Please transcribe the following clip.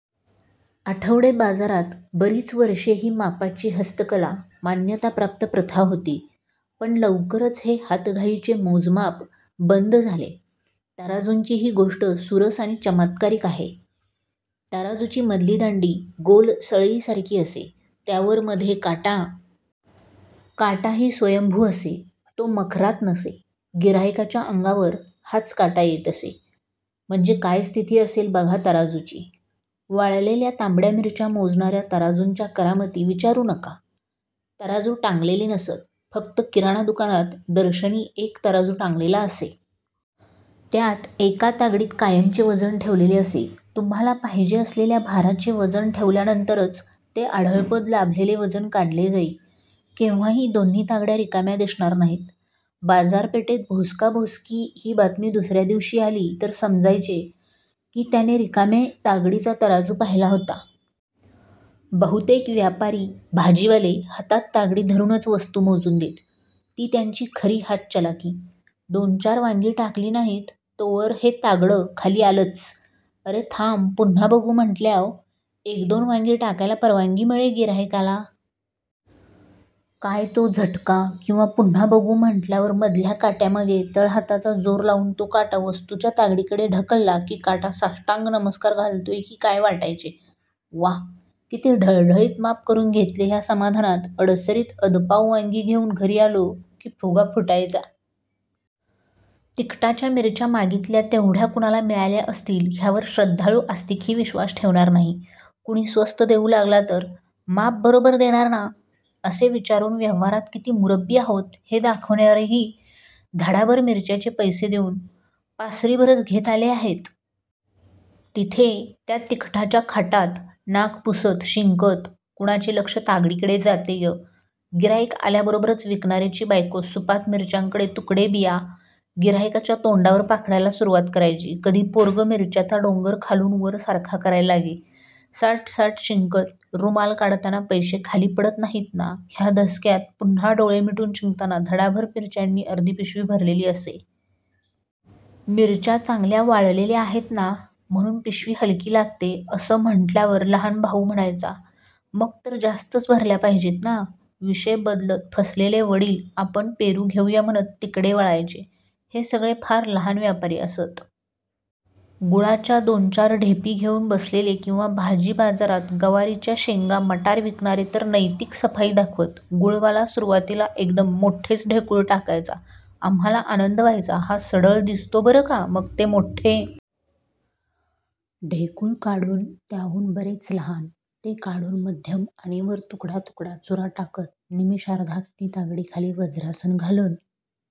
आठवडे बाजारात बरीच वर्षे ही मापाची 'हस्तकला' मान्यता प्राप्त प्रथा होती. पण लवकरच हे हातघाईचे मोजमाप बंद झाले. तराजूंचीही गोष्ट सुरस आणि चमत्कारिक आहे. तराजूची मधली दांडी गोल सळईसारखी असे. त्यावर मध्ये काटा. काटाही स्वयंभू असे. तो मखरात नसे. गिऱ्हाईकाच्या अंगावर हाच काटा येत असे. म्हणजे काय स्थिती असेल बघा तराजूची! वाळलेल्या तांबड्या मिरच्या मोजणाऱ्या तराजूंच्या करामती विचारू नका. तराजू टांगलेले नसत. फक्त किराणा दुकानात दर्शनी एक तराजू टांगलेला असे. त्यात एका तागडीत कायमचे वजन ठेवलेले असे. तुम्हाला पाहिजे असलेल्या भाराचे वजन ठेवल्यानंतरच ते अढळपद लाभलेले वजन काढले जाई. केव्हाही दोन्ही तागड्या रिकाम्या दिसणार नाहीत. "बाजारपेठेत भोसकाऽऽ भोसकी" ही बातमी दुसऱ्या दिवशी आली तर समजायचे की त्याने रिकामी तागडीचा तराजू पाहिला होता! बहुतेक व्यापारी, भाजीवाले हातात तागडी धरूनच वस्तू मोजून देत. ती त्यांची खरी हात चलाखी. दोन चार वांगी टाकली नाहीत तोवर ते तागडं खाली आलंच. अरे थांब पुन्हा बघू म्हटल्याव एक दोन वांगी टाकायला परवानगी मिळे गिऱ्हाईकाला. काय तो झटका किंवा पुन्हा बघू म्हणल्यावर मधल्या काट्यामागे तळहाताचा जोर लावून तो काटा वस्तुच्या तागडीकडे ढकलला की काटा साष्टांग नमस्कार घालतोय की काय वाटायचे. वा! किती ढळढळीत माप करून घेतले ह्या समाधानात अडीसरीत अदपाव वांगी घेऊन घरी आलो की फुगा फुटायचा. तिखटाच्या मिरच्या मागितल्या तेव्हढ्या कुणाला मिळाल्या असतील ह्यावर श्रद्धाळू आस्तिकही विश्वास ठेवणार नाही. कुणी स्वस्त देऊ लागला तर " माप बरोबर देणार ना? " असे विचारून व्यवहारात किती मुरब्बी आहोत हे दाखवणारेही धडाभर मिरच्याचे पैसे देऊन पासरीभरच घेत आले आहेत! तिथे त्या तिखटाच्या खाटांत, नाक पुसत, शिंकत कुणाचे लक्ष तागडीकडे जातेय! गिऱ्हाईक आल्याबरोबरच विकणाऱ्याची बायको सुपात मिर्च्यांचे तुकडे बिया गिऱ्हाईकाच्या तोंडावर पाखडायला सुरुवात करायची. कधी पोरगं मिरच्याचा डोंगर खालून वर सारखा करायला लागे, साट्साट् शिंकत, रुमाल काढतांना पैशे खाली पडत नाहीत ना ह्या धसक्यात पुन्हा डोळे मिटून शिंकताना धडाभर मिरच्यांनी अर्धीपिशवी भरलेली असे. मिरच्या चांगल्या वाळलेल्या आहेत. ना, म्हणून पिशवी हलकी लागते असं म्हटल्यावर लहान भाऊ म्हणायचा, "मग तर जास्तच भरल्या पाहिजेत ना? " विषय बदलत, फसलेले वडील आपण पेरू घेऊ या म्हणत तिकडे वळायचे. हे सगळे फार लहान व्यापारी असत. गुळाच्या दोन चार ढेपी घेऊन बसलेले किंवा भाजी बाजारात गवारीच्या शेंगा, मटार विकणारे तर नैतिक सफाई दाखवत. गुळवाला सुरुवातीला एकदम मोठेच ढेकूळ टाकायचा. आम्हाला आनंद व्हायचा. हा सढळ दिसतो बरं का. मग ते मोठ्ठे ढेकूळ काढून त्याहून बरेच लहान, ते काढून मध्यम आणि वर तुकडा तुकडा, चुरा टाकत निमिषार्धात ती तागडी खाली वज्रासन घालून,--